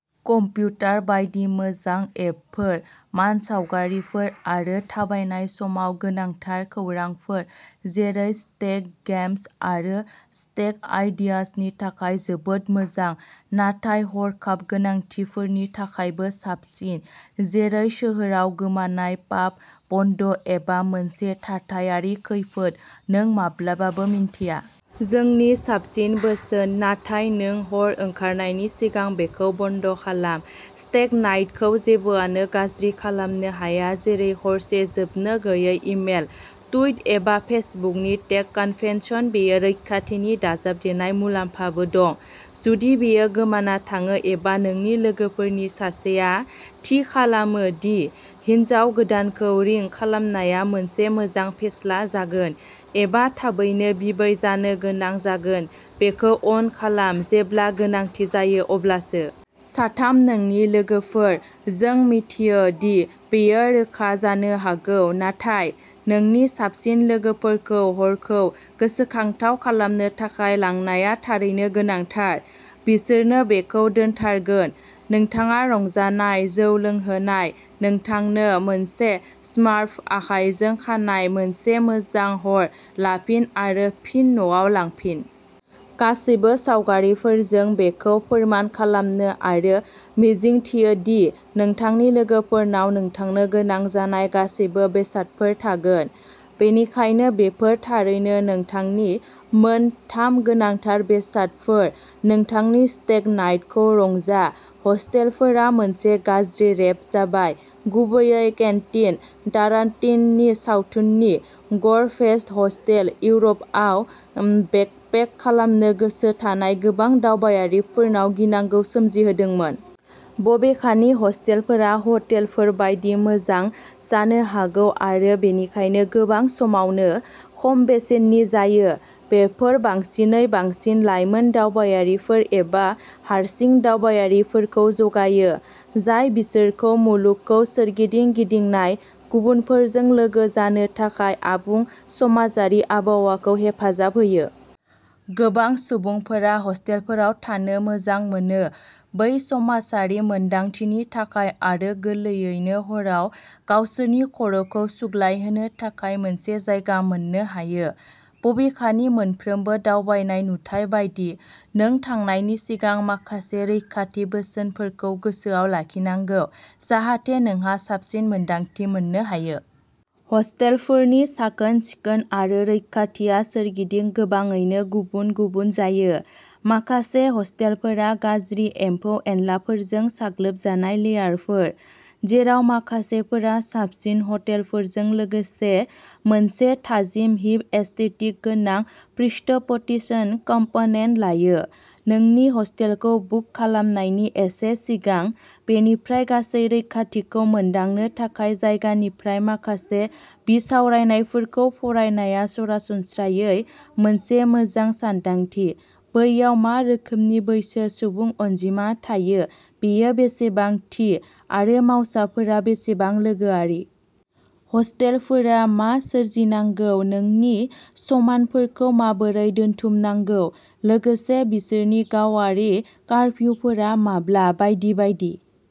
Computer बायदि मोजां एपफोर, मानसावगारिफोर आरो थाबायनाय समाव गोनांथार खौरांफोर जेरै स्टेग गेम्स आरो स्टेग आइडियाजनि थाखाय जोबोद मोजां। नाथाय हरखाब गोनांथिफोरनि थाखायबो साबसिन, जेरै सोहोराव गोमानाय, पाब बन्द एबा मोनसे थाथायारि खैफोद नों माब्लाबाबो मिन्थिया। जोंनि साबसिन बोसोन, नाथाय नों हर ओंखारनायनि सिगां बेखौ बन्द खालाम। स्टेग नाइटखौ जेबोआनो गाज्रि खालामनो हाया जेरै हरसे जोबनो गैयै इमेल, टुइट एबा फेसबुकनि टेक कनभेनसन बेयो रैखाथिनि दाजाबदेरनाय मुलाम्फाबो दं, जुदि बेयो गोमाना थाङो एबा नोंनि लोगोफोरनि सासेया थि खालामो दि हिनजाव गोदानखौ रिं खालामनाया मोनसे मोजां फेस्ला जागोन, एबा थाबैनो बिबै जानो गोनां जागोन बेखौ अन खालाम, जेब्ला गोनांथि जायो अब्लासो। साथाम नोंनि लोगोफोर। जों मिथियो दि बेयो रोखा जानो हागौ, नाथाय नोंनि साबसिन लोगोफोरखौ हरखौ गोसोखांथाव खालामनो थाखाय लांनाया थारैनो गोनांथार। बिसोरनो बेखौ दोनथारगोन। नोंथाङा रंजानाय, जौ लोंहोनाय, नोंथांनो मोनसे स्मार्फ आखायजों खानाय, मोनसे मोजां हर लाफिन आरो फिन न'आव लांफिन। गासैबो सावगारिफोरजों बेखौ फोरमान खालामनो आरो मिजिंथियो दि नोंथांनि लोगोफोरनाव नोंथांनो गोनां जानाय गासैबो बेसादफोर थागोन। बेनिखायनो, बेफोर थारैनो नोंथांनि मोन थाम गोनांथार बेसादफोर, नोंथांनि स्टेग नाइटखौ रंजा हस्टेलफोरा मोनसे गाज्रि रेप जाबाय, गुबैयै केन्टिन टारान्टिन'नि सावथुननि गर फेस्ट, हस्टेल, इउर'पआव बेकपेक खालामनो गोसो थानाय गोबां दावबायारिफोरनाव गिनांगौ सोमजिहोदोंमोन। बबेखानि, हस्टेलफोरा ह'टेलफोर बायदि मोजां जानो हागौ आरो बेनिखायनो गोबां समावनो खम बेसेननि जायो। बेफोर बांसिनै बांसिन लाइमोन दावबायारिफोर एबा हारसिं दावबायारिफोरखौ जगायो, जाय बिसोरखौ मुलुगखौ सोरगिदिं गिदिंनाय गुबुनफोरजों लोगो जानो थाखाय आबुं समाजारि आबहावाखौ हेफाजाब होयो। गोबां सुबुंफोरा हस्टेलफोराव थानो मोजां मोनो बै समाजारि मोनदांथिनि थाखाय आरो गोरलैयैनो हराव गावसोरनि खर'खौ सुग्लायहोनो थाखाय मोनसे जायगा मोननो हायो। बबेखानि, मोनफ्रोमबो दावबायनाय नुथाय बायदि, नों थानायनि सिगां माखासे रैखाथि बोसोनफोरखौ गोसोआव लाखिनांगौ, जाहाथे नोंहा साबसिन मोनदांथि मोननो हायो। हस्टेलफोरनि साखोन-सिखोन आरो रैखाथिआ सोरगिदिं गोबाङैनो गुबुन गुबुन जायो। माखासे हस्टेलफोरा गाज्रि एमफौ एनलाफोरजों साग्लोबजानाय लेयारफोर, जेराव माखासेफोरा साबसिन हटेलफोरजों लोगोसे मोनसे थाजिम हिप एस्थेटिक गोनां प्रिस्कपटिसन कम्प'नेन लायो। नोंनि हस्टेलखौ बुक खालामनायनि एसे सिगां, बेनिफ्राय गासै रैखाथिखौ मोनदांनो थाखाय जायगानिफ्राय माखासे बिसावरायनायफोरखौ फरायनाया सरासनस्रायै मोनसे मोजां सानदांथि, बैयाव मा रोखोमनि बैसो सुबुं अनजिमा थायो, बेयो बेसेबां थि, आरो मावसाफोरा बेसेबां लोगोआरि। हस्टेलफोरा मा सोरजिनांगौ, नोंनि समानफोरखौ माबोरै दोनथुमनांगौ, लोगोसे बिसोरनि गावारि कारफिउफोरा माब्ला बायदि बायदि।